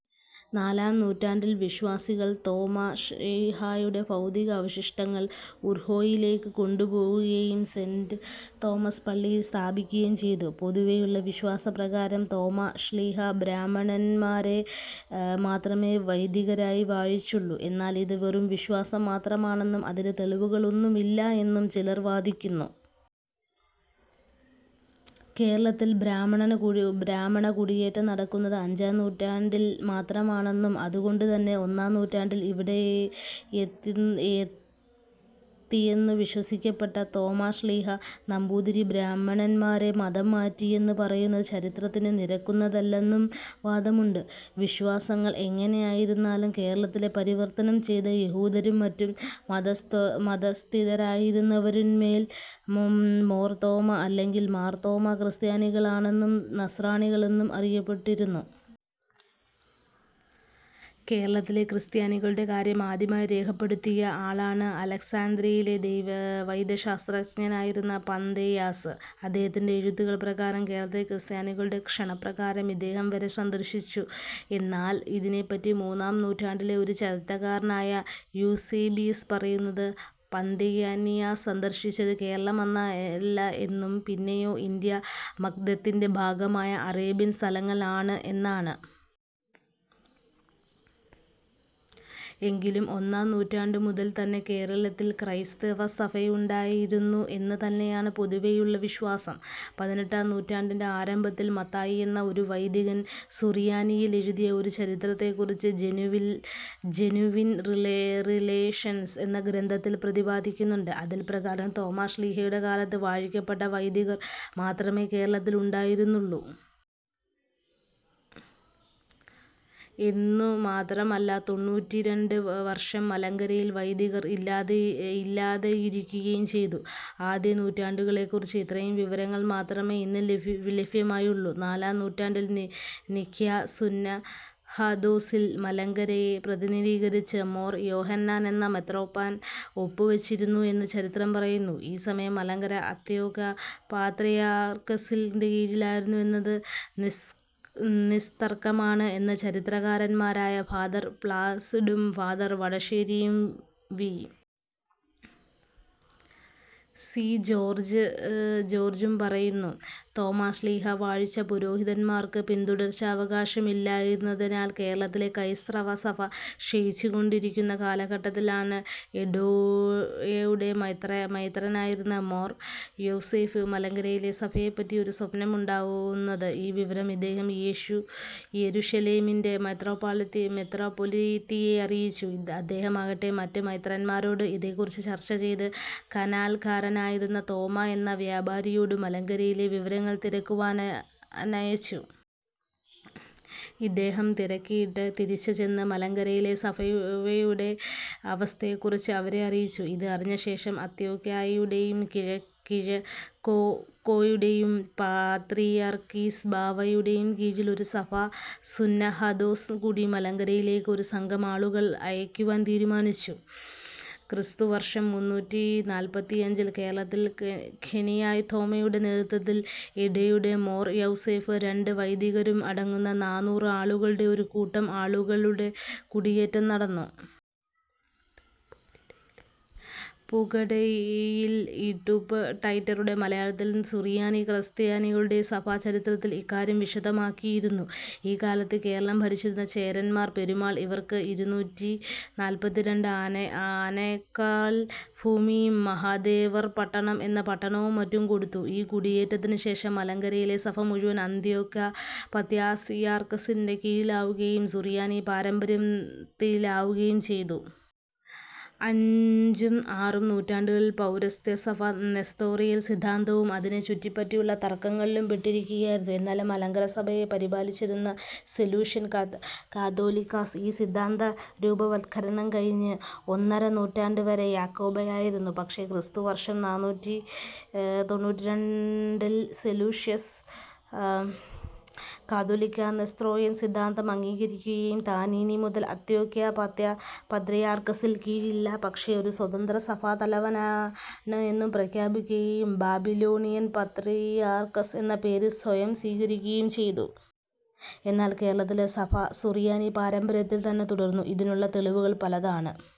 നാലാം നൂറ്റാണ്ടിൽ വിശ്വാസികൾ തോമാ ശ്ലീഹായുടെ ഭൗതിക അവശിഷ്ടങ്ങൾ ഉർഹോയിലേക്ക് കൊണ്ടുപോവുകയും സെയ്ൻ്റ് തോമസ് പള്ളിയിൽ സ്ഥാപിക്കുകയും ചെയ്തു. പൊതുവേയുള്ള വിശ്വാസപ്രകാരം തോമാ ശ്ലീഹാ ബ്രാഹ്മണരെ മാത്രമെ വൈദികരായി വാഴിച്ചുള്ളു, എന്നാൽ ഇത് വെറും വിശ്വാസം മാത്രമാണെന്നും അതിന് തെളിവുകളൊന്നും ഇല്ല എന്നും ചിലർ വാദിക്കുന്നു. കേരളത്തിൽ ബ്രാഹ്മണകുടിയേറ്റം നടക്കുന്നത് അഞ്ചാംനൂറ്റാണ്ടിൽ മാത്രമാണെന്നും അതുകൊണ്ടുതന്നെ ഒന്നാംനൂറ്റാണ്ടിൽ ഇവിടെയെത്തിയെന്നു വിശ്വസിക്കപ്പെടുന്ന തോമാശ്ലീഹ നമ്പൂതിരി ബ്രാഹ്മണരെ മതംമാറ്റിയെന്ന് പറയുന്നത് ചരിത്രത്തിനു നിരക്കുന്നതല്ലെന്നും വാദമുണ്ട്. വിശ്വാസങ്ങൾ എങ്ങനെയായിരുന്നാലും കേരളത്തിലെ പരിവർത്തനം ചെയ്ത യഹൂദരും മറ്റ് മതസ്ഥരായിരുന്നവരും മോർ തോമാ അല്ലെങ്കിൽ മാർ തോമാ ക്രിസ്ത്യാനികളെന്നും നസ്രാണികൾ എന്നും അറിയപ്പെട്ടിരുന്നു. കേരളത്തിലെ ക്രിസ്ത്യാനികളുടെ കാര്യം ആദ്യമായി രേഖപ്പെടുത്തിയ ആളാണ് അലക്സന്ത്രിയായിലെ ദൈവശാസ്ത്രജ്ഞനായിരുന്ന പന്തേനിയസ്. അദ്ദേഹത്തിൻ്റെ എഴുത്തുകൾ പ്രകാരം കേരളത്തിലെ ക്രിസ്ത്യാനികളുടെ ക്ഷണപ്രകാരം ഇദ്ദേഹം ഇവരെ സന്ദർശിച്ചു. എന്നാൽ ഇതിനേപ്പറ്റി മൂന്നാം നൂറ്റാണ്ടിലെ ഒരു ചരിത്രകാരനായ യൂസേബിയസ് പറയുന്നത് പന്തേനിയസ് സന്ദർശിച്ചത് കേരളമല്ല എന്നും പിന്നെയോ ഇന്ത്യാ മഗ്നത്തിൻ്റെ ഭാഗമായ അറേബ്യൻ സ്ഥലങ്ങൾ ആണ് എന്നാണ്. എങ്കിലും ഒന്നാം നൂറ്റാണ്ടു മുതൽ തന്നെ കേരളത്തിൽ ക്രൈസ്തവസഭയുണ്ടായിരുന്നു എന്ന് തന്നെയാണ് പൊതുവേയുള്ള വിശ്വാസം. പതിനെട്ടാം നൂറ്റാണ്ടിൻ്റെ ആരംഭത്തിൽ മത്തായി എന്ന ഒരു വൈദികൻ സുറിയാനിയിൽ എഴുതിയ ഒരു ചരിത്രത്തെക്കുറിച്ച് "ജെനുവിൻ റിലേഷൻസ്" എന്ന ഗ്രന്ഥത്തിൽ പ്രതിപാദിക്കുന്നുണ്ട്. അതിൻപ്രകാരം തോമ്മാശ്ലീഹായുടെ കാലത്ത് വാഴിക്കപ്പെട്ട വൈദികർ മാത്രമേ കേരളത്തിൽ ഉണ്ടായിരുന്നുള്ളൂ. എന്നുമാത്രമല്ല തൊണ്ണൂറ്റിരണ്ട് വർഷം മലങ്കരയിൽ വൈദികർ ഇല്ലാതെയിരിക്കുകയും ചെയ്തു. ആദ്യ നൂറ്റാണ്ടുകളേക്കുറിച്ച് ഇത്രയും വിവരങ്ങൾ മാത്രമെ ഇന്ന് ലഭ്യമായുള്ളു. നാലാം നൂറ്റാണ്ടിൽ നിഖ്യാ സുന്നഹദോസിൽ മലങ്കരയെ പ്രതിനിധീകരിച്ച് മോർ യോഹന്നാൻ എന്ന മെത്രാൻ ഒപ്പ് വച്ചിരുന്നു എന്ന് ചരിത്രം പറയുന്നു. ഈ സമയം മലങ്കര അന്ത്യോക്യ പാത്രിയാർക്കീസിൻ്റെ കീഴിൽ ആയിരുന്നു എന്നത് നിസ്തർക്കമാണ് എന്ന് ചരിത്രകാരന്മാരായ ഫാദർ പ്ലാസിഡും, ഫാദർ വടശേരിയും വി. സി. ജോർജ്ജും പറയുന്നു. തോമാശ്ലീഹാ വാഴിച്ച പുരോഹിതന്മാർക്ക് പിന്തുടർച്ചക്കാരില്ലാതിരുന്നതിനാൽ കേരളത്തിലെ ക്രൈസ്തവ സഭ ക്ഷയിച്ചുകൊണ്ടിരിക്കുന്ന കാലഘട്ടത്തിലാണ് എഡേസയുടെ മെത്രാനായിരുന്ന മോർ യൗസേപ്പിന് മലങ്കരയിലെ സഭയെപ്പറ്റി ഒരു സ്വപ്നം ഉണ്ടാവുന്നത്. ഈ വിവരം ഇദ്ദേഹം യെരുശലേമിൻ്റെ മെത്രാപ്പൊലീത്തയെ അറിയിച്ചു. അദ്ദേഹമാകട്ടെ മറ്റ് മെത്രാന്മാരോട് ഇതേക്കുറിച്ച് ചർച്ച ചെയ്ത് കനാൻകാരനായിരുന്ന തോമ എന്ന വ്യാപാരിയോട് മലങ്കരയിലെ വിവരങ്ങൾ തിരക്കുവാനയച്ചു. ഇദ്ദേഹം തിരക്കിയിട്ട് തിരിച്ച് ചെന്ന് മലങ്കരയിലെ സഭയുടെ അവസ്ഥയെക്കുറിച്ച് അവരെ അറിയിച്ചു. ഇത് അറിഞ്ഞ ശേഷം അന്ത്യോക്യായുടേയും കിഴക്കൊക്കെയുടേയും പാത്രിയർക്കീസ് ബാവയുടെ കീഴിൽ ഒരു സഭാ സുന്നഹദോസ് കൂടി, മലങ്കരയിലേക്ക് ഒരു സംഘം ആളുകളെ അയക്കുവാൻ തീരുമാനിച്ചു. ക്രിസ്തു വർഷം മുന്നൂറ്റിനാല്പത്തിഅഞ്ചിൽ കേരളത്തിലേക്ക് ക്നായിത്തോമയുടെ നേതൃത്വത്തിൽ എഡേസയുടെ മോർ യൗസേപ്പും രണ്ട് വൈദികരും അടങ്ങുന്ന നാനൂറ് ആളുകളുടെ ഒരു കൂട്ടം ആളുകളുടെ കുടിയേറ്റം നടന്നു. പുകടിയിൽ ഇട്ടൂപ്പ് റൈറ്ററുടെ മലയാളത്തുള്ള സുറിയാനി ക്രിസ്ത്യാനികളുടെ സഭാ ചരിത്രത്തിൽ ഇക്കാര്യം വിശദമാക്കിയിരിക്കുന്നു. ഈ കാലത്ത് കേരളം ഭരിച്ചിരുന്ന ചേരമാൻ പെരുമാൾ ഇവർക്ക് ഇരുന്നൂറ്റിനാല്പത്തിനാല് ആനക്കോൽ ഭൂമിയും മഹാദേവർപട്ടണം എന്ന പട്ടണവും മറ്റും കൊടുത്തു. ഈ കുടിയേറ്റത്തിന് ശേഷം മലങ്കരയിലെ സഭ മുഴുവൻ അന്ത്യോക്യ പാത്രിയാർക്കിസിൻ്റെ കീഴിലാവുകയും സുറിയാനി പാരമ്പര്യംത്തിലാവുകയും ചെയ്തു. അഞ്ചും ആറും നൂറ്റാണ്ടുകളിൽ പൗരസ്ത്യ സഭ നെസ്തോറിയൻ സിദ്ധാന്തവും അതിനെ ചുറ്റിപ്പറ്റിയുള്ള തർക്കങ്ങളിലും പെട്ടിരിക്കുകയായിരുന്നു. എന്നാലും മലങ്കര സഭയെ പരിപാലിച്ചിരുന്ന സെലൂഷ്യൻ കാതോലിക്കോസ് ഈ സിദ്ധാന്ത രൂപവത്കരണം കഴിഞ്ഞ് ഒന്നര നൂറ്റാണ്ട് വരെ യാക്കോബ്യമായിരുന്നു. പക്ഷെ ക്രിസ്തു വർഷം നാനൂറ്റിതൊണ്ണൂറ്റിഎട്ടിൽ സെലൂഷ്യൻ കതോലിക്ക നെസ്തോറിയൻ സിദ്ധാന്തം അംഗീകരിക്കുകയും താൻ ഇനി മുതൽ അന്ത്യോക്യ പാത്രിയർക്കീസിന് കീഴിലല്ല, പക്ഷെ ഒരു സ്വതന്ത്ര സഭാ തലവനാണ് എന്നു പ്രഖ്യാപിക്കുകയും ബാബിലോണിയൻ പാത്രിയർക്കീസ് എന്ന പേര് സ്വയം സ്വീകരിക്കുകയും ചെയ്തു. എന്നാൽ കേരളത്തിലെ സഭ സുറിയാനി പാരമ്പര്യത്തിൽ തന്നെ തുടർന്നു. ഇതിനുള്ള തെളിവുകൾ പലതാണ്.